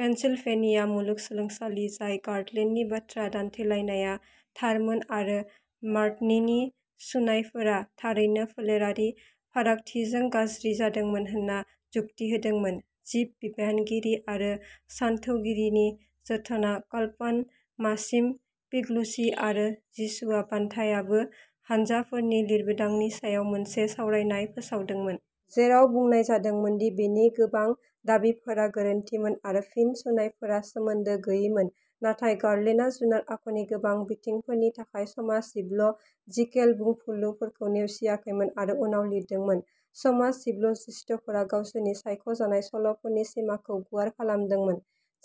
Pennsylvania मुलुगसोलोंसालि जाय ग'ल्डनि बाथ्रा दान्थेलायनाया थारमोन आरो मर्टननि सुनायफोरा थारैनो फोलेरारि फारागथिजों गाज्रि जादोंमोन होनना जुक्ति होदोंमोन। जिब बिगियानगिरि आरो सानथौगिरि जनाथना कालपान, मासिम'पिग्लुचि, आरो जिसुआ बान्टायाबो हानजाफोरनि लिरबिदांनि सायाव मोनसे सावरायनाय फोसावदोंमोन। जेराव बुंनाय जादोंमोन दि बेनि गोबां दाबिफोरा गोरोन्थिमोन आरो फिन सुनायफोरा सोमोन्दो गैयैमोन। नाथाय ग'ल्डआ जुनार आखुनि गोबां बिथिंफोरनि थाखाय समाज'जिब'ल'जिकेल बुंफुरलुफोरखौ नेवसियाखैमोन आरो उनाव लिरदोंमोन "समाज'जिब'ल'जिस्तफोरा गावसोरनि सायख'जानाय सल'फोरनि सिमाखौ गुवार खालामदोंमोन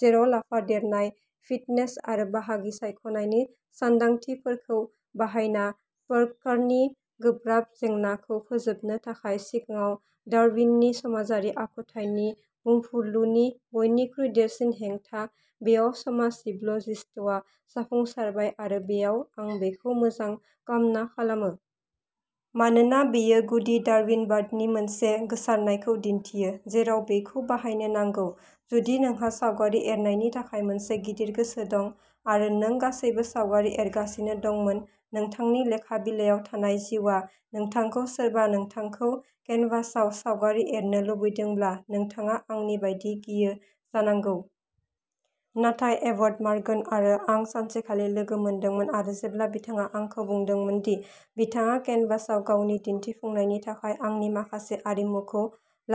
जेराव लाफादेरनाय फिटनेस आरो बाहागि सायख'नायनि सानदांथिफोरखौ बाहायना परोपकारनि गोब्राब जेंनाखौ फोजोबनो थाखाय सिगाङाव डारविननि समाजारि आखुथायनि बुंफुरलुनि बयनिख्रुइ देरसिन हेंथा बेयाव समाज'जिब'ल'जिस्तआ जाफुंसारबाय आरो बेयाव आं बेखौ मोजां कामना खालामो। मानोना बेयो गुदि डारविनबादनि मोनसे गोसारनायखौ दिन्थियो जेराव बेखौ बाहायनो नांगौ।" जुदि नोंहा सावगारि एरनायनि थाखाय मोनसे गिदिर गोसो दं आरो नों गासैबो सावगारि एरगासिनो दंमोन। नोंथांनि लेखा बिलायाव थानाय जिउआ नोंथांखौ सोरबा नोंथांखौ केनभासआव सावगारि एरनो लुबैदोंब्ला नोंथाङा आंनि बायदि गियो जानांगौ। नाथाय एभट मर्गान आरो आं सानसेखालि लोगो मोनदोंमोन आरो जेब्ला बिथाङा आंखौ बुंदोंमोन दि बिथाङा केनभासआव गावनि दिन्थिफुंनायनि थाखाय आंनि माखासे आरिमुखौ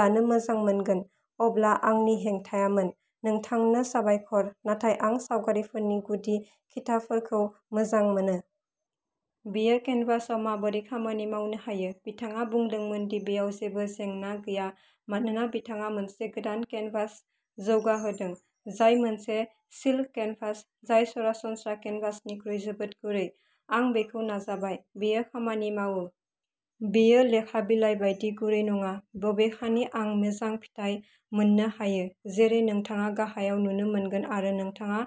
लानो मोजां मोनगोन अब्ला आंनि हेंथायामोन "नोंथांनो साबायखर। नाथाय आं सावगारिफोरनि गुदि खिथाफोरखौ मोजां मोनो। बेयो केनभासआव माबोरै खामानि मावनो हायो?" बिथाङा बुंदोंमोन दि बेयाव जेबो जेंना गैया मानोना बिथाङा मोनसे गोदान केनभास जौगाहोदों जाय मोनसे "सिल्क केनभास" जाय सरासनस्रा केनभासनिख्रुइ जोबोद गुरै। आं बेखौ नाजाबाय। बेयो खामानि मावो। बेयो लेखा बिलाय बायदि गुरै नङा बबेखानि आं मोजां फिथाय मोननो हायो जेरै नोंथाङा गाहायाव नुनो मोनगोन आरो नोंथाङा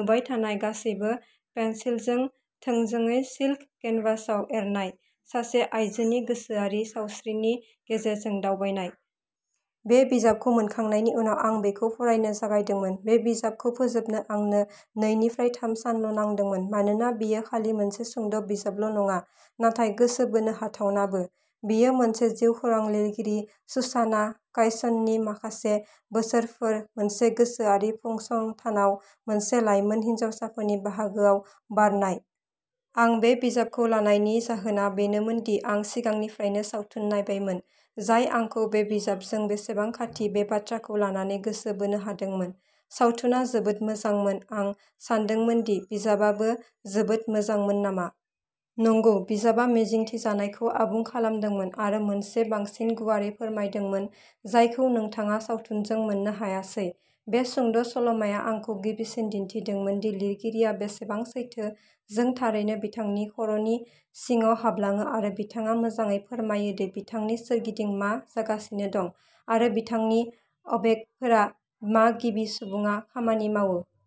नुबाय थानाय गासैबो पेन्सिलजों थोंजोङै सिल्क केनभासआव एरनाय। सासे आयजोनि गोसोआरि सावस्रिनि गेजेरजों दावबायनाय। बे बिजाबखौ मोनखांनायनि उनाव आं बेखौ फरायनो जागायदोंमोन। बे बिजाबखौ फोजोबनो आंनो नैनिफ्राय थाम सानल' नांदोंमोन मानोना बेयो खालि मोनसे सुंद' बिजाबल' नङा नाथाय गोसो बोनो हाथावनाबो। बेयो मोनसे जिउखौरां लिरगिरि सुसाना कायसेननि माखासे बोसोरफोर मोनसे गोसोआरि फसंथानाव मोनसे लाइमोन हिनजावसाफोरनि बाहागोआव बारनाय। आं बे बिजाबखौ लानायनि जाहोना बेनोमोन दि आं सिगांनिफ्रायनो सावथुन नायबायमोन जाय आंखौ बे बिजाबजों बेसेबां खाथि बे बाथ्राखौ लानानै गोसो बोनो हादोंमोन। सावथुना जोबोद मोजांमोन आं सानदोंमोन दि बिजाबाबो जोबोद मोजांमोन नामा? नंगौ बिजाबआ मिजिंथिजानायखौ आबुं खालामदोंमोन आरो मोनसे बांसिन गुवारै फोरमायदोंमोन जायखौ नोंथाङा सावथुनजों मोननो हायासै। बे सुंद' सल'माया आंखौ गिबिसिन दिन्थिदोंमोन दि लिरगिरिया बेसेबां सैथो जों थारैनो बिथांनि खर'नि सिङाव हाबलाङो आरो बिथाङा मोजाङै फोरमायो दि बिथांनि सोरगिदिं मा जागासिनो दं आरो बिथांनि अबेगफोरा मा गिबि सुबुङा खामानि मावो?